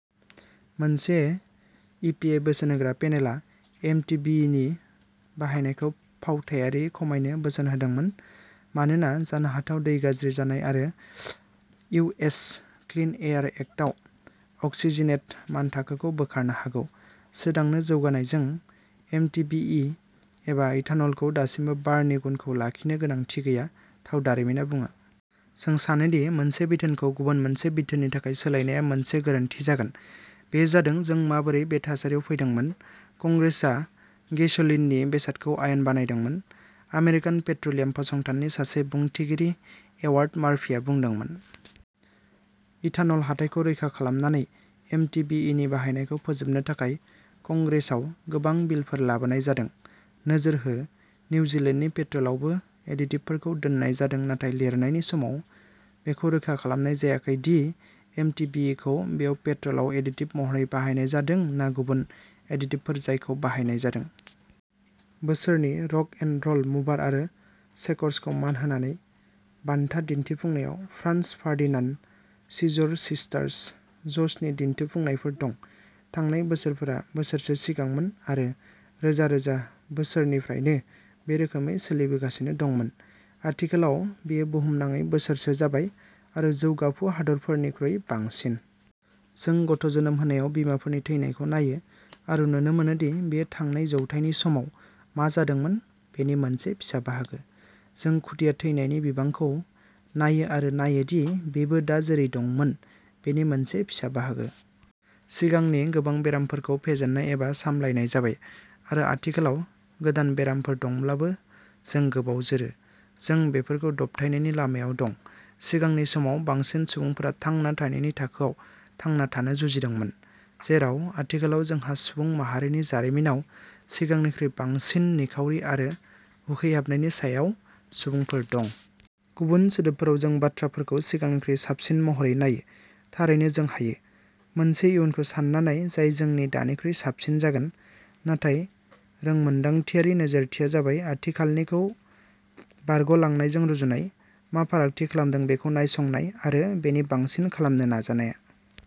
मोनसे इपिए बोसोनहोग्रा पेनेलआ एमटिबिइनि बाहायनायखौ फावथायारियै खमायनो बोसोन होदोंमोन मानोना जानो हाथाव दै गाज्रि जानाय आरो इउएस क्लिन एयार एक्टआव अक्सिजिनेट मानथाखोखौ बोखारनो हागौ। सोदांनो जौगानायजों, एमटिबिइ एबा इथान'लखौ दासिमबो बारनि गुनखौ लाखिनो गोनांथि गैया, थाव दारिमिना बुङो। "जों सानो दि मोनसे बिथोनखौ गुबुन मोनसे बिथोननि थाखाय सोलायनाया मोनसे गोरोन्थि जागोन। बेयो जादों जों माबोरै बे थासारियाव फैदोंमोन, कंग्रेसआ गेसोलिननि बेसादखौ आयेन बानायदोंमोन ", आमेरिकान पेट्र'लियाम फसंथाननि सासे बुंथिगिरि एडवार्ड मार्फीआ बुंदोंमोन। इथानल हाथाइखौ रैखा खालामनानै एमटिबिइनि बाहायनायखौ फोजोबनो थाखाय कंग्रेसआव गोबां बिलफोर लाबोनाय जादों। नोजोर हो;-निउजीलेन्डनि पेट्रलआवबो एडिटिभफोरखौ दोननाय जादों नाथाय लिरनायनि समाव बेखौ रोखा खालामनाय जायाखै दि एमटिबिइखौ बेयाव पेट्रलआव एडिटिभ महरै बाहायनाय जादों ना गुबुन एडिटिभफोर जायखौ बाहायनाय जादों। बोसोरनि रक'एन'र'ल मुभार आरो शेकर्सखौ मान होनानै, बान्था दिन्थिफुंनायाव फ्रानज फारदिनान्द, सिजर सिस्टार्स, ज'सनि दिन्थिफुंनायफोर दं। थांनाय बोसोरफोरा बोसोरसो सिगांमोन आरो रोजा रोजा बोसोरनिफ्रायनो बे रोखोमै सोलिबोगासिनो दंमोन। आथिखालाव बेयो बुहुमनाङै बोसोरसो जाबाय, आरो जौगाफु हादोरफोरनिख्रुइ बांसिन। जों गथ'जोनोम होनायाव बिमाफोरनि थैनायखौ नायो, आरो नुनो मोनो दि बेयो थांनाय जौथाइनि समाव मा जादोंमोन बेनि मोनसे फिसा बाहागो। जों खुदिया थैनायनि बिबांखौ नायो आरो नायोदि बेबो दा जेरै दंमोन बेनि मोनसे फिसा बाहागो। सिगांनि गोबां बेरामफोरखौ फेजेननाय एबा सामलायनाय जाबाय, आरो आथिखालाव गोदान बेरामफोर दंब्लाबो जों गोबाव जोरो, जों बेफोरखौ दबथायनायनि लामायाव दं। सिगांनि समाव बांसिन सुबुंफोरा थांना थानायनि थाखोआव थांना थानो जुजिदोंमोन, जेराव आथिखालाव जोंहा सुबुं माहारिनि जारिमिनाव सिगांनिख्रुइ बांसिन निखावरि आरो उखैहाबनायनि सायाव सुबुंफोर दं। गुबुन सोदोबफोराव जों बाथ्राफोरखौ सिगांनिख्रुइ साबसिन महरै नायो। थारैनो जों हायो। मोनसे इयुनखौ सानना नाय जाय जोंनि दानिख्रुइ साबसिन जागोन, नाथाय रोंमोन्दांथियारि नोजोरथिया जाबाय आथिखालनिखौ बारगलांनायजों रुजुनाय, मा फारागथि खालामदों बेखौ नायसंनाय, आरो बेनि बांसिन खालामनो नाजानाया।